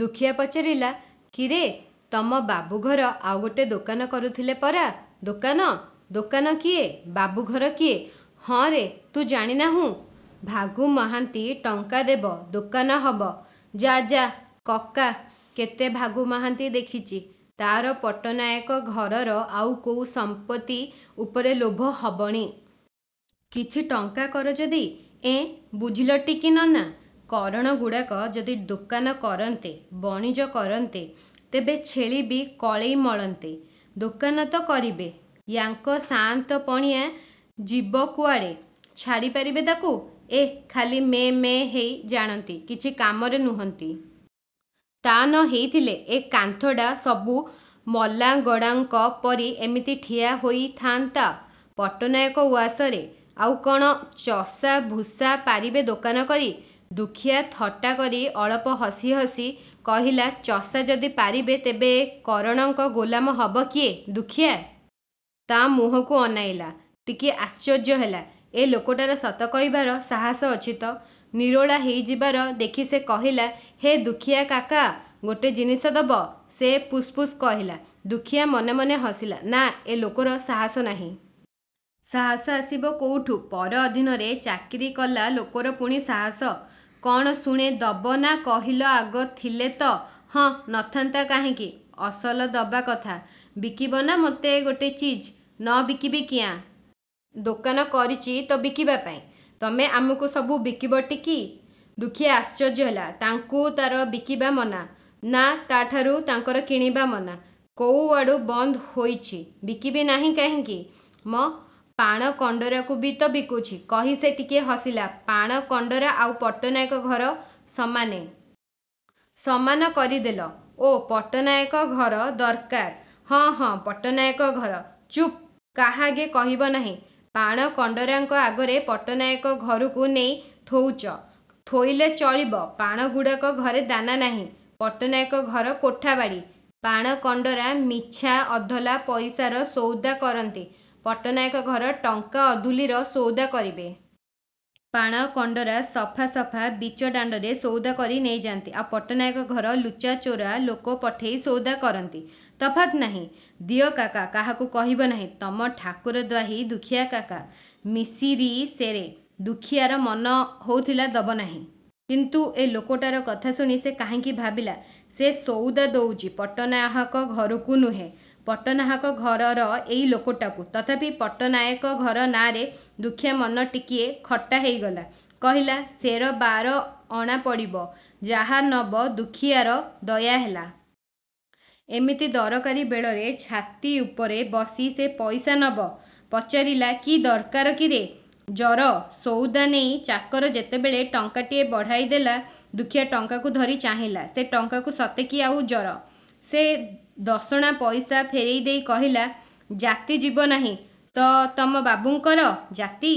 ଦୁଃଖୀଆ ପଚାରିଲା, କିରେ, ତମ ବାବୁଘର ଆଉ ଗୋଟେ ଦୋକାନ କରୁଥିଲେ ପରା ଦୋକାନ? ଦୋକାନ କିଏ, ବାବୁଘର କିଏ? ହଁରେ, ତୁ ଜାଣି ନାହୁଁ। ଭାଗୁ ମହାନ୍ତି ଟଙ୍କା ଦେବ, ଦୋକାନ ହବ। ଯା, ଯା କକା, କେତେ ଭାଗୁ ମହାନ୍ତି ଦେଖିଚି। ତା'ର ପଟ୍ଟନାୟକ ଘରର ଆଉ କୋଉ ସମ୍ପତ୍ତି ଉପରେ ଲୋଭ ହବଣି। କିଛି ଟଙ୍କା କରଜ ଦେଇ, ଏଁ? ବୁଝିଲଟିକି ନନା? କରଣଗୁଡ଼ାକ ଯଦି ଦୋକାନ କରନ୍ତେ, ବଣିଜ କରନ୍ତେ, ତେବେ ଛେଳିବି କଳେଇ ମଳନ୍ତେ। ଦୋକାନ ତ କରିବେ, ୟାଙ୍କ ସାଆନ୍ତ ପଣିଆ ଯିବ କୁଆଡ଼େ? ଛାଡ଼ି ପାରିବେ ତାକୁ? ଏ ଖାଲି ମେଁ ମେଁ ହେଇ ଜାଣନ୍ତି, କିଛି କାମରେ ନୁହନ୍ତି। ତା' ନ ହେଇଥିଲେ, ଏ କାନ୍ଥଡ଼ା ସବୁ ମଲାଙ୍ଗଡ଼ାଙ୍କ ପରି ଏମିତି ଠିଆ ହେଇଥାଆନ୍ତା ପଟ୍ଟନାୟକ ଉଆସରେ? ଆଉ କ'ଣ ଚଷା ଭୁଷା ପାରିବେ ଦୋକାନ କରି?'' ଦୁଃଖୀଆ ଥଟ୍ଟା କରି ଅଳପ ହସି ହସି କହିଲାଚଷା ଯଦି ପାରିବେ, ତେବେ ଏ କରଣଙ୍କ ଗୋଲାମ ହବ କିଏ? ଦୁଃଖୀଆ ତା' ମୁହଁକୁ ଅନେଇଲା। ଟିକିଏ ଆଶ୍ଚର୍ଯ୍ୟ ହେଲା। ଏ ଲୋକଟାର ସତ କହିବାର ସାହସ ଅଛି ତ। ନିରୋଳା ହେଇଯିବାର ଦେଖି ସେ କହିଲା, ହେ ଦୁଃଖୀଆକାକା, ଗୋଟେ ଜିନିଷ ଦବ?ସେ ପୁସ ପୁସ କହିଲା। ଦୁଃଖୀଆ ମନେ ମନେ ହସିଲା। ନା, ଏ ଲୋକର ସାହସ ନାହିଁ। ସାହସ ଆସିବ କୋଉଠୁ? ପର ଅଧୀନରେ ଚାକିରି କଲା ଲୋକର ପୁଣି ସାହସ? କ'ଣ ଶୁଣେ ଦବ ନା କହିଲ ଆଗ ଥିଲେ ତ| ହଁ, ନଥାନ୍ତା କାହିଁକି। ଅସଲ ଦବା କଥା। ବିକିବ ନା ମୋତେ ଗୋଟେ ଚିଜ? ନ ବିକିବି କିଆଁ? ଦୋକାନ କରିଚି ତ ବିକିବାପାଇଁ। ତମେ ଆମକୁ ସବୁ ବିକିବଟିକି? ଦୁଃଖୀଆ ଆଶ୍ଚର୍ଯ୍ୟ ହେଲା। ତାଙ୍କୁ ତା'ର ବିକିବା ମନା, ନା, ତାଠାରୁ ତାଙ୍କର କିଣିବା ମନା? କୋଉଆଡ଼ୁ ବନ୍ଦ ହୋଇଛି? ବିକିବି ନାହିଁ କାହିଁକି ମ, ପାଣ କଣ୍ଡରାଙ୍କୁ ବି ତ ବିକୁଛି। କହି ସେ ଟିକିଏ ହସିଲା ପାଣ କଣ୍ଡରା ଆଉ ପଟ୍ଟନାୟକ ଘର ସମାନେ? ସମାନ କରିଦେଲ। ଓ, ପଟ୍ଟନାୟକ ଘର ଦରକାର?ହଁ, ହଁ, ପଟ୍ଟନାୟକ ଘର। ଚୁପ୍, କାହା ଆଗେ କହିବ ନାହିଁ। ପାଣ କଣ୍ଡରାଙ୍କ ଆଗରେ ପଟ୍ଟନାୟକ ଘରକୁ ନେଇ ଥୋଉଚ? ଥୋଇଲେ ଚଳିବ? ପାଣଗୁଡ଼ାକ, ଘରେ ଦାନା ନାହିଁ, ପଟ୍ଟନାୟକ ଘର କୋଠା ବାଡ଼ି। ପାଣ କଣ୍ଡରା ମିଞ୍ଚା ଅଧଲା ପଇସାର ସଉଦା କରନ୍ତି, ପଟ୍ଟନାୟକ ଘର ଟଙ୍କା ଅଧୁଲିର ସଉଦା କରିବେ। ପାଣ କଣ୍ଡରା ସଫା ସଫା ବିଚ ଦାଣ୍ଡରେ ସଉଦା କରି ନେଇଯାଆନ୍ତି, ଆଉ ପଟ୍ଟନାୟକ ଘର ଲୁଚାଚୋରା ଲୋକ ପଠେଇ ସଉଦା କରନ୍ତି। ତଫାତ ନାହିଁ? ଦିଅ କାକା କାହାକୁ କହିବ ନାହିଁ। ତମ ଠାକୁର ଦ୍ୱାହି ଦୁଃଖୀଆକାକା, ମିଶିରି ସେରେ। ଦୁଃଖୀଆର ମନ ହଉଥିଲା, ଦବନାହିଁ। କିନ୍ତୁ ଏ ଲୋକଟାର କଥା ଶୁଣି ସେ କାହିଁକି ଭାବିଲା, ସେ ସଉଦା ଦଉଚି ପଟ୍ଟନାହାକ ଘରକୁ ନୁହେଁ, ପଟ୍ଟନାହାକ ଘରର ଏଇ ଲୋକଟାକୁ। ତଥାପି ପଟ୍ଟନାୟକ ଘର ନାଆଁରେ ଦୁଃଖୀଆ ମନଟିକିଏ ଖଟା ହେଇଗଲା। କହିଲା, ସେର ବାର ଅଣା ପଡ଼ିବ। ଯାହା ନବ ଦୁଃଖୀଆର ଦୟାହେଲା। ଏମିତି ଦରକାରୀ ବେଳରେ ଛାତି ଉପରେ ବସି ସେ ପଇସା ନବ? ପଚାରିଲା, କି ଦରକାର କିରେ? ଜର। ସଉଦା ନେଇ ଚାକର ଯେତେବେଳେ ଟଙ୍କାଟିଏ ବଢ଼ାଇ ଦେଲା, ଦୁଃଖୀଆ ଟଙ୍କାକୁ ଧରି ଚାହିଁଲା। ସେ ଟଙ୍କାକୁ ସତେ କି ଆଉ ଜର। ସେ ଦଶଣା ପଇସା ଫେରେଇ ଦେଇ କହିଲା, ଜାତି ଯିବନାହିଁ ତ ତମ ବାବୁଙ୍କର?'ଜାତି?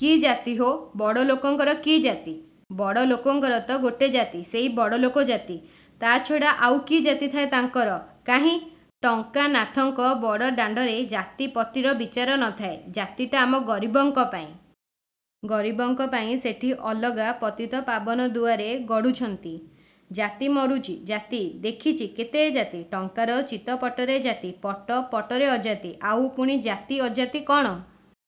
କି ଜାତି ହୋ? ବଡ଼ଲୋକଙ୍କର କି ଜାତି? ବଡ଼ଲୋକଙ୍କର ତ ଗୋଟେ ଜାତି, ସେଇ ବଡ଼ଲୋକ ଜାତି, ତା' ଛଡ଼ା ଆଉ କି ଜାତି ଥାଏ ତାଙ୍କର, କାହିଁ? ଟଙ୍କା ନାଥଙ୍କ ବଡ଼ଦାଣ୍ଡରେ ଜାତି ପତିର, ବିଚାର ନ ଥାଏ। ଜାତିଟା ଆମ ଗରିବଙ୍କ ପାଇଁ। ଗରିବଙ୍କ ପାଇଁ ସେଠି ଅଲଗା ପତିତପାବନ ଦୁଆରେ ଗଡ଼ୁଛନ୍ତି। ଜାତି ମରୁଚି, ଜାତି। ଦେଖିଚି କେତେ ଜାତି। ଟଙ୍କାର ଚିତ୍ ପଟରେ ଜାତି, ପଟ୍ ପଟରେ ଅଜାତି। ଆଉ ପୁଣି ଜାତି ଅଜାତି କ'ଣ?